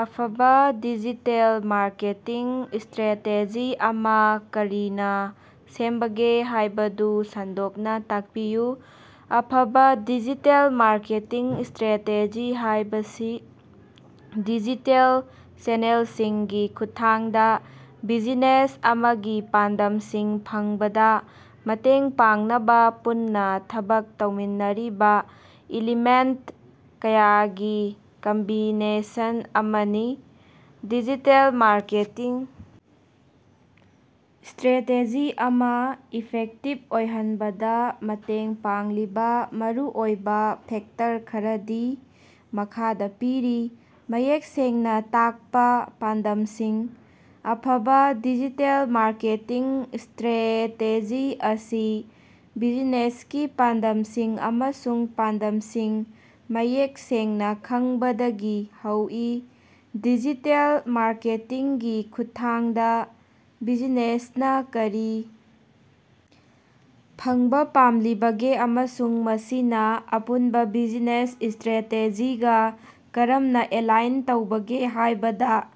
ꯑꯐꯕꯥ digital marketing strategy ꯑꯃꯥ ꯀꯔꯤꯅꯥ ꯁꯦꯝꯕꯒꯦ ꯍꯥꯏꯕꯗꯨ ꯁꯟꯗꯣꯛꯅꯥ ꯇꯥꯛꯄꯤꯌꯨ꯫ ꯑꯐꯕꯥ ꯗꯤꯖꯤꯇꯦꯜ ꯃꯥꯔꯀꯦꯇꯤꯡ ꯁ꯭ꯇꯔꯦꯇꯦꯖꯤ ꯍꯥꯏꯕꯁꯤ ꯗꯤꯖꯤꯇꯦꯜ ꯆꯦꯅꯦꯜꯁꯤꯡꯒꯤ ꯈꯨꯠꯊꯥꯡꯗꯥ ꯕꯤꯖꯤꯅꯦꯁ ꯑꯃꯒꯤ ꯄꯥꯟꯗꯝꯁꯤꯡ ꯐꯪꯕꯗꯥ ꯃꯇꯦꯡ ꯄꯥꯡꯅꯕꯥ ꯄꯨꯟꯅꯥ ꯊꯕꯛ ꯇꯧꯃꯤꯟꯅꯔꯤꯕꯥ ꯏꯂꯤꯃꯦꯟꯇ ꯀꯌꯥꯒꯤ ꯀꯝꯕꯤꯅꯦꯁꯟ ꯑꯃꯅꯤ꯫ ꯗꯤꯖꯤꯇꯦꯜ ꯃꯥꯔꯀꯦꯇꯤꯡ ꯁ꯭ꯇꯔꯦꯇꯦꯖꯤ ꯑꯃꯥ ꯏꯐꯦꯛꯇꯤꯕ ꯑꯣꯏꯍꯟꯕꯗꯥ ꯃꯇꯦꯡ ꯄꯥꯡꯂꯤꯕꯥ ꯃꯔꯨꯑꯣꯏꯕꯥ ꯐꯦꯛꯇꯔ ꯈꯔꯗꯤ ꯃꯈꯥꯗꯥ ꯄꯤꯔꯤ: ꯃꯌꯦꯛ ꯁꯦꯡꯅꯥ ꯇꯥꯛꯄꯥ ꯄꯥꯟꯗꯝꯁꯤꯡ: ꯑꯐꯕꯥ ꯗꯤꯖꯤꯇꯦꯜ ꯃꯥꯔꯀꯦꯇꯤꯡ ꯁ꯭ꯇꯔꯦꯇꯦꯖꯤ ꯑꯁꯤ ꯕꯤꯖꯤꯅꯦꯁꯀꯤ ꯄꯥꯟꯗꯝꯁꯤꯡ ꯑꯃꯁꯨꯡ ꯄꯥꯟꯗꯝꯁꯤꯡ ꯃꯌꯦꯛ ꯁꯦꯡꯅꯥ ꯈꯪꯕꯗꯒꯤ ꯍꯧꯏ꯫ ꯗꯤꯖꯤꯇꯦꯜ ꯃꯥꯔꯀꯦꯇꯤꯡꯒꯤ ꯈꯨꯠꯊꯥꯡꯗꯥ ꯕꯤꯖꯤꯅꯦꯁꯅꯥ ꯀꯔꯤ ꯐꯪꯕꯥ ꯄꯥꯝꯂꯤꯕꯒꯦ ꯑꯃꯁꯨꯡ ꯃꯁꯤꯅ ꯑꯄꯨꯟꯕ ꯕꯤꯖꯤꯅꯦꯁ ꯢꯁ꯭ꯇꯔꯦꯇꯦꯖꯤꯒꯥ ꯀꯔꯝꯅꯥ ꯑꯦꯂꯥꯏꯟ ꯇꯧꯕꯒꯦ ꯍꯥꯏꯕꯗ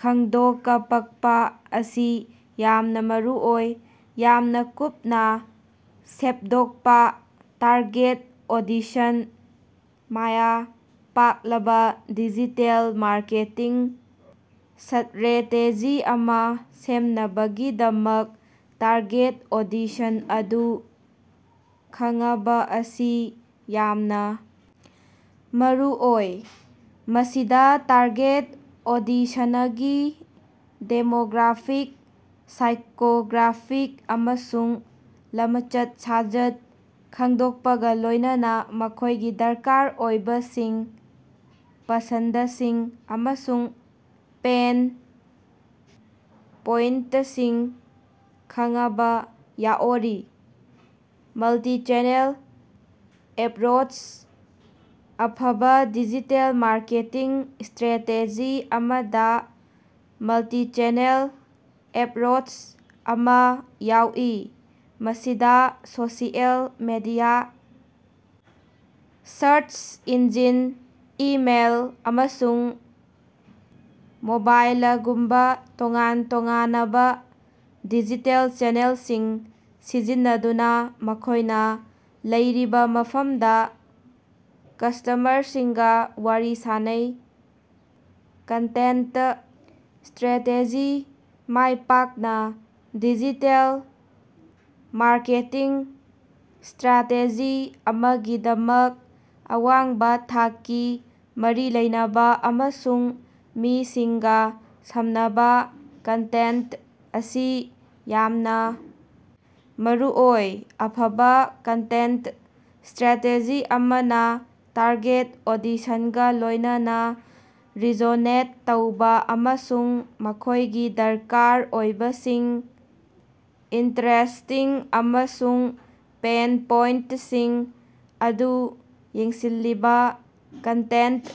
ꯈꯪꯗꯣꯀꯄꯛꯄꯥ ꯑꯁꯤ ꯌꯥꯝꯅꯥ ꯃꯔꯨꯑꯣꯏ꯫ ꯌꯥꯝꯅꯥ ꯀꯨꯞꯅꯥ ꯁꯦꯞꯗꯣꯛꯄꯥ ꯇꯥꯔꯒꯦꯠ ꯑꯣꯗꯤꯁꯟ: ꯃꯥꯌ ꯄꯥꯛꯂꯕꯥ ꯗꯤꯖꯤꯇꯦꯜ ꯃꯥꯔꯀꯦꯇꯤꯡ ꯁ꯭ꯠꯔꯦꯇꯦꯖꯤ ꯑꯃꯥ ꯁꯦꯝꯅꯕꯒꯤꯗꯃꯛ ꯇꯥꯔꯒꯦꯠ ꯑꯣꯗꯤꯁꯟ ꯑꯗꯨ ꯈꯥꯡꯉꯕꯥ ꯑꯁꯤ ꯌꯥꯝꯅꯥ ꯃꯔꯨꯑꯣꯏ꯫ ꯃꯁꯤꯗꯥ ꯇꯥꯔꯒꯦꯠ ꯑꯣꯗꯤꯁꯟꯅꯒꯤ ꯗꯦꯃꯣꯒ꯭ꯔꯥꯐꯤꯛ, ꯁꯥꯏꯀꯣꯒ꯭ꯔꯥꯐꯤꯛ, ꯑꯃꯁꯨꯡ ꯂꯃꯆꯠ-ꯁꯥꯖꯠ ꯈꯪꯗꯣꯛꯄꯒꯥ ꯂꯣꯏꯅꯅꯥ ꯃꯈꯣꯏꯒꯤ ꯗꯔꯀꯥꯔ ꯑꯣꯏꯕꯁꯤꯡ, ꯄꯁꯟꯗꯁꯤꯡ ꯑꯃꯁꯨꯡ ꯄꯦꯟ ꯄꯣꯏꯟꯇꯁꯤꯡ ꯈꯉꯕꯥ ꯌꯥꯑꯣꯔꯤ꯫ ꯃꯜꯇꯤꯆꯦꯅꯦꯜ ꯑꯦꯞꯔꯣꯆ: ꯑꯐꯕꯥ ꯗꯤꯖꯤꯇꯦꯜ ꯃꯥꯔꯀꯦꯇꯤꯡ ꯁ꯭ꯇꯔꯦꯇꯦꯖꯤ ꯑꯃꯗꯥ ꯃꯜꯇꯤꯆꯦꯅꯦꯜ ꯑꯦꯞꯔꯣꯆ ꯑꯃꯥ ꯌꯥꯎꯏ꯫ ꯃꯁꯤꯗꯥ social media, search engine, email, ꯑꯃꯁꯨꯡ ꯃꯣꯕꯥꯏꯜꯂꯒꯨꯝꯕꯥ ꯇꯣꯉꯥꯟ ꯇꯣꯉꯥꯅꯕꯥ ꯗꯤꯖꯤꯇꯦꯜ ꯆꯦꯅꯦꯜꯁꯤꯡ ꯁꯤꯖꯤꯟꯅꯗꯨꯅꯥ ꯃꯈꯣꯏꯅꯥ ꯂꯩꯔꯤꯕꯥ ꯃꯐꯝꯗꯥ ꯀꯁ꯭ꯇꯃꯔꯁꯤꯡꯒꯥ ꯋꯥꯔꯤ ꯁꯥꯅꯩ꯫ ꯀꯟꯇꯦꯟꯇ ꯁ꯭ꯇꯔꯦꯇꯦꯖꯤ: ꯃꯥꯏꯄꯥꯛꯅꯥ ꯗꯤꯖꯤꯇꯦꯜ ꯃꯥꯔꯀꯦꯇꯤꯡ ꯁ꯭ꯇꯥꯔꯇꯦꯖꯤ ꯑꯃꯒꯤꯗꯃꯛ ꯑꯋꯥꯡꯕꯥ ꯊꯥꯛꯀꯤ, ꯃꯔꯤ ꯂꯩꯅꯕꯥ, ꯑꯃꯁꯨꯡ ꯃꯤꯁꯤꯡꯒꯥ ꯁꯝꯅꯕꯥ ꯀꯟꯇꯦꯟꯇ ꯑꯁꯤ ꯌꯥꯝꯅꯥ ꯃꯔꯨꯑꯣꯏ꯫ ꯑꯐꯕꯥ ꯀꯟꯇꯦꯟꯇ ꯁ꯭ꯇꯔꯦꯇꯦꯖꯤ ꯑꯃꯅꯥ ꯇꯥꯔꯒꯦꯠ ꯑꯣꯗꯤꯁꯟꯒꯥ ꯂꯣꯏꯅꯅꯥ ꯔꯤꯖꯣꯅꯦꯠ ꯇꯧꯕꯥ ꯑꯃꯁꯨꯡ ꯃꯈꯣꯏꯒꯤ ꯗꯔꯀꯥꯔ ꯑꯣꯏꯕꯁꯤꯡ ꯏꯟꯇꯔꯦꯁ꯭ꯇꯁꯤꯡ ꯑꯃꯁꯨꯡ ꯄꯦꯟ ꯄꯣꯏꯟꯇꯁꯤꯡ ꯑꯗꯨ ꯌꯦꯡꯁꯤꯜꯂꯤꯕꯥ ꯀꯟꯇꯦꯟꯇ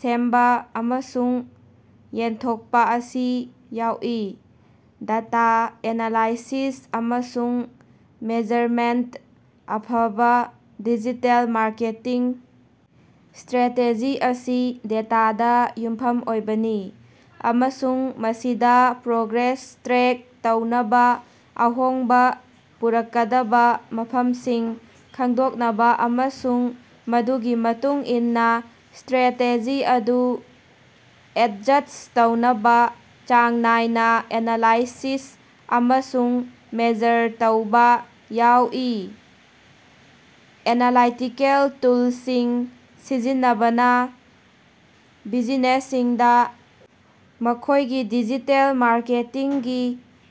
ꯁꯦꯝꯕꯥ ꯑꯃꯁꯨꯡ ꯌꯦꯟꯊꯣꯛꯄꯥ ꯑꯁꯤ ꯌꯥꯎꯏ꯫ ꯗꯥꯇꯥ ꯑꯦꯅꯥꯂꯥꯏꯁꯤꯁ ꯑꯃꯁꯨꯡ ꯃꯦꯖꯔꯃꯦꯟꯇ: ꯑꯐꯕꯥ ꯗꯤꯖꯤꯇꯦꯜ ꯃꯥꯔꯀꯦꯇꯤꯡ ꯁ꯭ꯇꯔꯦꯇꯦꯖꯤ ꯑꯁꯤ ꯗꯦꯇꯥꯗꯥ ꯌꯨꯝꯐꯝ ꯑꯣꯏꯕꯅꯤ꯫ ꯑꯃꯁꯨꯡ ꯃꯁꯤꯗꯥ ꯄ꯭ꯔꯣꯒ꯭ꯔꯦꯁ ꯇ꯭ꯔꯦꯛ ꯇꯧꯅꯕꯥ, ꯑꯍꯣꯡꯕꯥ ꯄꯨꯔꯛꯀꯗꯕꯥ ꯃꯐꯝꯁꯤꯡ ꯈꯪꯗꯣꯛꯅꯕꯥ ꯑꯃꯁꯨꯡ ꯃꯗꯨꯒꯤ ꯃꯇꯨꯡ ꯏꯟꯅꯥ ꯁ꯭ꯇꯔꯦꯇꯦꯖꯤ ꯑꯗꯨ ꯑꯦꯗꯖꯁ꯭ꯠ ꯇꯧꯅꯕꯥ ꯆꯥꯡ ꯅꯥꯏꯅꯥ ꯑꯦꯅꯥꯂꯥꯏꯁꯤꯁ ꯑꯃꯁꯨꯡ ꯃꯦꯖꯔ ꯇꯧꯕꯥ ꯌꯥꯎꯏ꯫ ꯑꯦꯅꯥꯂꯥꯏꯇꯤꯀꯦꯜ ꯇꯨꯜꯁꯤꯡ ꯁꯤꯖꯤꯟꯅꯕꯅꯥ ꯕꯤꯖꯤꯅꯦꯁꯁꯤꯡꯗꯥ ꯃꯈꯣꯏꯒꯤ ꯗꯤꯖꯤꯇꯦꯜ ꯃꯥꯔꯀꯦꯇꯤꯡꯒꯤ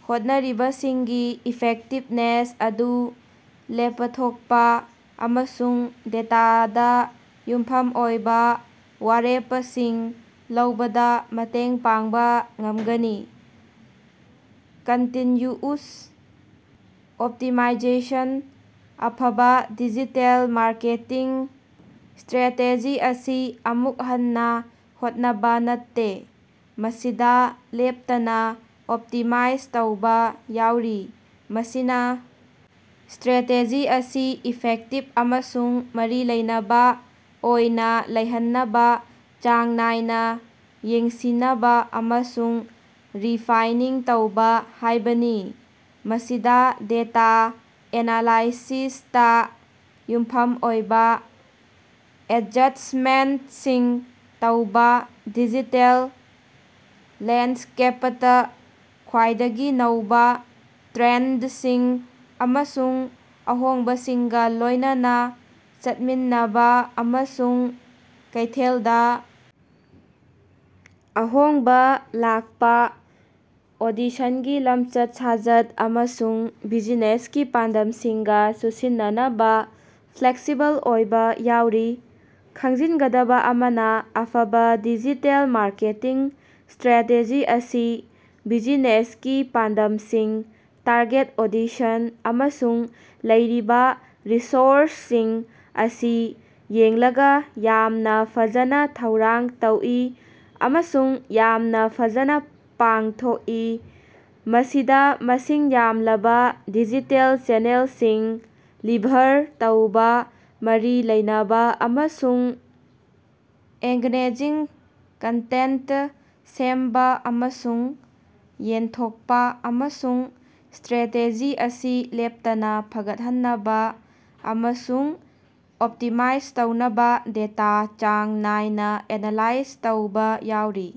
ꯍꯣꯠꯅꯔꯤꯕꯁꯤꯡꯒꯤ ꯏꯐꯦꯛꯇꯤꯕꯅꯦꯁ ꯑꯗꯨ ꯂꯦꯞꯄꯊꯣꯛꯄꯥ ꯑꯃꯁꯨꯡ ꯗꯦꯇꯥꯗꯥ ꯌꯨꯝꯐꯝ ꯑꯣꯏꯕꯥ ꯋꯥꯔꯦꯞꯄꯁꯤꯡ ꯂꯧꯕꯗꯥ ꯃꯇꯦꯡ ꯄꯥꯡꯕꯥ ꯉꯝꯒꯅꯤ꯫ ꯀꯟꯇꯤꯟꯌꯨꯎꯁ ꯑꯣꯞꯇꯤꯃꯥꯏꯖꯦꯁꯟ: ꯑꯐꯕꯥ ꯗꯤꯖꯤꯇꯦꯜ ꯃꯥꯔꯀꯦꯇꯤꯡ ꯁ꯭ꯇꯔꯦꯇꯦꯖꯤ ꯑꯁꯤ ꯑꯃꯨꯛ ꯍꯟꯅꯥ ꯍꯣꯠꯅꯕꯥ ꯅꯠꯇꯦ꯫ ꯃꯁꯤꯗꯥ ꯂꯦꯞꯇꯅꯥ ꯑꯣꯞꯇꯤꯃꯥꯏꯖ ꯇꯧꯕꯥ ꯌꯥꯎꯔꯤ꯫ ꯃꯁꯤꯅꯥ ꯁ꯭ꯇꯔꯦꯇꯦꯖꯤ ꯑꯁꯤ ꯏꯐꯦꯛꯇꯤꯕ ꯑꯃꯁꯨꯡ ꯃꯔꯤ ꯂꯩꯅꯕꯥ ꯑꯣꯏꯅꯥ ꯂꯩꯍꯟꯅꯕꯥ ꯆꯥꯡ ꯅꯥꯏꯅꯥ ꯌꯦꯡꯁꯤꯅꯕꯥ ꯑꯃꯁꯨꯡ ꯔꯤꯐꯥꯏꯅꯤꯡ ꯇꯧꯕꯥ ꯍꯥꯏꯕꯅꯤ꯫ ꯃꯁꯤꯗꯥ ꯗꯦꯇꯥ ꯑꯦꯅꯥꯂꯥꯏꯁꯤꯁꯇꯥ ꯌꯨꯝꯐꯝ ꯑꯣꯏꯕꯥ ꯑꯦꯗꯖꯁ꯭ꯇꯃꯦꯟꯇꯁꯤꯡ ꯇꯧꯕꯥ ꯗꯤꯖꯤꯇꯦꯜ ꯂꯦꯟꯗꯁ꯭ꯀꯦꯞꯄꯇꯥ ꯈ꯭ꯋꯥꯏꯗꯒꯤ ꯅꯧꯕꯥ ꯇ꯭ꯔꯦꯟꯗꯁꯤꯡ ꯑꯃꯁꯨꯡ ꯑꯍꯣꯡꯕꯁꯤꯡꯒꯥ ꯂꯣꯏꯅꯅꯥ ꯆꯠꯃꯤꯟꯅꯕꯥ, ꯑꯃꯁꯨꯡ ꯀꯩꯊꯦꯜꯗꯥ ꯑꯍꯣꯡꯕꯥ ꯂꯥꯛꯄꯥ ꯑꯣꯗꯤꯁꯟꯒꯤ ꯂꯝꯆꯠ-ꯁꯥꯖꯠ ꯑꯃꯁꯨꯡ ꯕꯤꯖꯤꯅꯦꯁꯀꯤ ꯄꯥꯟꯗꯝꯁꯤꯡꯒꯥ ꯆꯨꯁꯤꯟꯅꯅꯕꯥ ꯐ꯭ꯂꯦꯛꯁꯤꯕꯜ ꯑꯣꯏꯕꯥ ꯌꯥꯎꯔꯤ꯫ ꯈꯪꯖꯤꯟꯒꯗꯕꯥ ꯑꯃꯅꯥ ꯑꯐꯕꯥ ꯗꯤꯖꯤꯇꯦꯜ ꯃꯥꯔꯀꯦꯇꯤꯡ ꯁ꯭ꯇꯔꯦꯇꯦꯖꯤ ꯑꯁꯤ ꯕꯤꯖꯤꯅꯦꯁꯀꯤ ꯄꯥꯟꯗꯝꯁꯤꯡ, ꯇꯥꯔꯒꯦꯠ ꯑꯣꯗꯤꯁꯟ, ꯑꯃꯁꯨꯡ ꯂꯩꯔꯤꯕꯥ ꯔꯤꯁꯣꯔꯁꯁꯤꯡ ꯑꯁꯤ ꯌꯦꯡꯂꯒꯥ ꯌꯥꯝꯅꯥ ꯐꯖꯅꯥ ꯊꯧꯔꯥꯡ ꯇꯧꯏ ꯑꯃꯁꯨꯡ ꯌꯥꯝꯅꯥ ꯐꯖꯅꯥ ꯄꯥꯡꯊꯣꯛꯏ꯫ ꯃꯁꯤꯗꯥ ꯃꯁꯤꯡ ꯌꯥꯝꯂꯕꯥ ꯗꯤꯖꯤꯇꯦꯜ ꯆꯦꯅꯦꯜꯁꯤꯡ ꯂꯤꯚꯔ ꯇꯧꯕꯥ ꯃꯔꯤ ꯂꯩꯅꯕꯥ ꯑꯃꯁꯨꯡ ꯑꯦꯡꯒꯅꯦꯖꯤꯡ ꯀꯟꯇꯦꯟꯇ ꯁꯦꯝꯕꯥ ꯑꯃꯁꯨꯡ ꯌꯦꯟꯊꯣꯛꯄꯥ, ꯑꯃꯁꯨꯡ ꯁ꯭ꯇꯔꯦꯇꯦꯖꯤ ꯑꯁꯤ ꯂꯦꯞꯇꯅꯥ ꯐꯒꯠꯍꯟꯅꯕꯥ ꯑꯃꯁꯨꯡ ꯑꯣꯞꯇꯤꯃꯥꯏꯖ ꯇꯧꯅꯕꯥ ꯗꯦꯇꯥ ꯆꯥꯡ ꯅꯥꯏꯅꯥ ꯑꯦꯅꯥꯂꯥꯏꯖ ꯇꯧꯕꯥ ꯌꯥꯎꯔꯤ꯫।